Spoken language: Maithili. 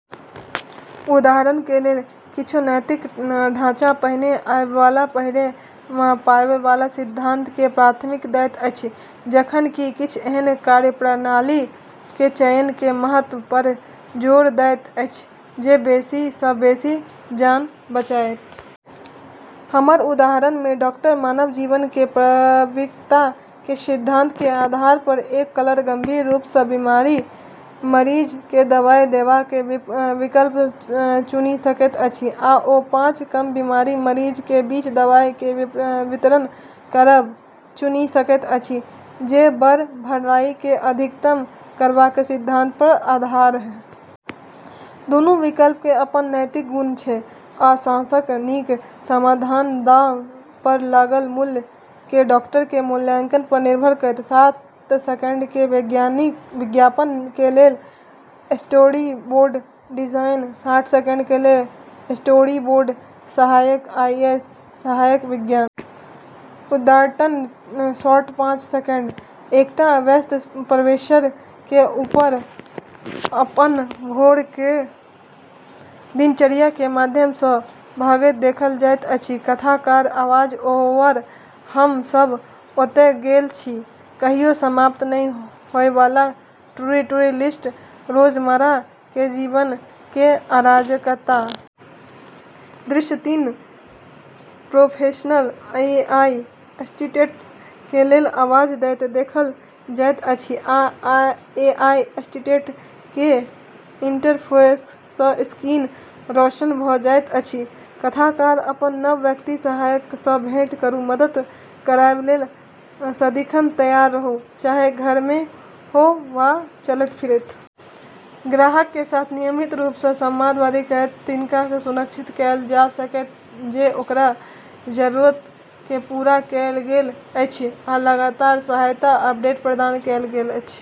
उदाहरण के लेल, किछ नैतिक ढाँचा पहिने आबय वाला, पहिने पाबय वाला सिद्धांत के प्राथमिकता दैत अछि, जखन कि किछ एहन कार्यप्रणाली के चयन के महत्व पर जोर दैत अछि जे बेसी सँ बेसी जान बचाएत। हमर उदाहरण मे डाक्टर मानव जीवन के पवित्रता के सिद्धांत के आधार पर एकल गंभीर रूप सँ बीमार मरीज के दवाई देबाक विकल्प चुनी सकैत अछि, या ओ पाँच कम बीमार मरीज के बीच दवाई के वितरण करब चुनी सकैत अछि, जे बड़ भलाई के अधिकतम करबाक सिद्धांत के आधार पर। दूनू विकल्प के अपन नैतिक गुण छैक, आ सबसँ नीक समाधान दांव पर लागल मूल्य के डाक्टर के मूल्यांकन पर निर्भर करत। साठ सेकेंड के विज्ञापन के लेल स्टोरीबोर्ड डिजाइन। साठ सेकंड के लेल स्टोरीबोर्ड सहायक एआई सहायक विज्ञापन। उद्घाटन शॉट पाँच सेकंड एकटा व्यस्त पेशेवर के अपन भोर के दिनचर्या के माध्यम सँ भागैत देखल जाइत अछि। कथाकार आवाज-ओवर हम सब ओतय गेल छी, कहियो समाप्त नहि होय वाला टू-डू लिस्ट, रोजमर्रा के जीवन के अराजकता। दृश्य तीन प्रोफेशनल एआई असिस्टेंट के लेल आवाज दैत देखल जाइत अछि आ एआई असिस्टेंट के इंटरफेस सँ स्क्रीन रोशन भ जाइत अछि। कथाकार अपन नव व्यक्तिगत सहायक सँ भेंट करू मदद करबाक लेल सदिखन तैयार रहू, चाहे घर मे हो वा चलैत-फिरैत। ग्राहक के साथ नियमित रूप सँ संवाद करनाय ताकि ई सुनिश्चित कएल जा सकए जे ओकर जरूरत के पूरा कएल गेल अछि आ लगातार सहायता आ अपडेट प्रदान कएल गेल अछि।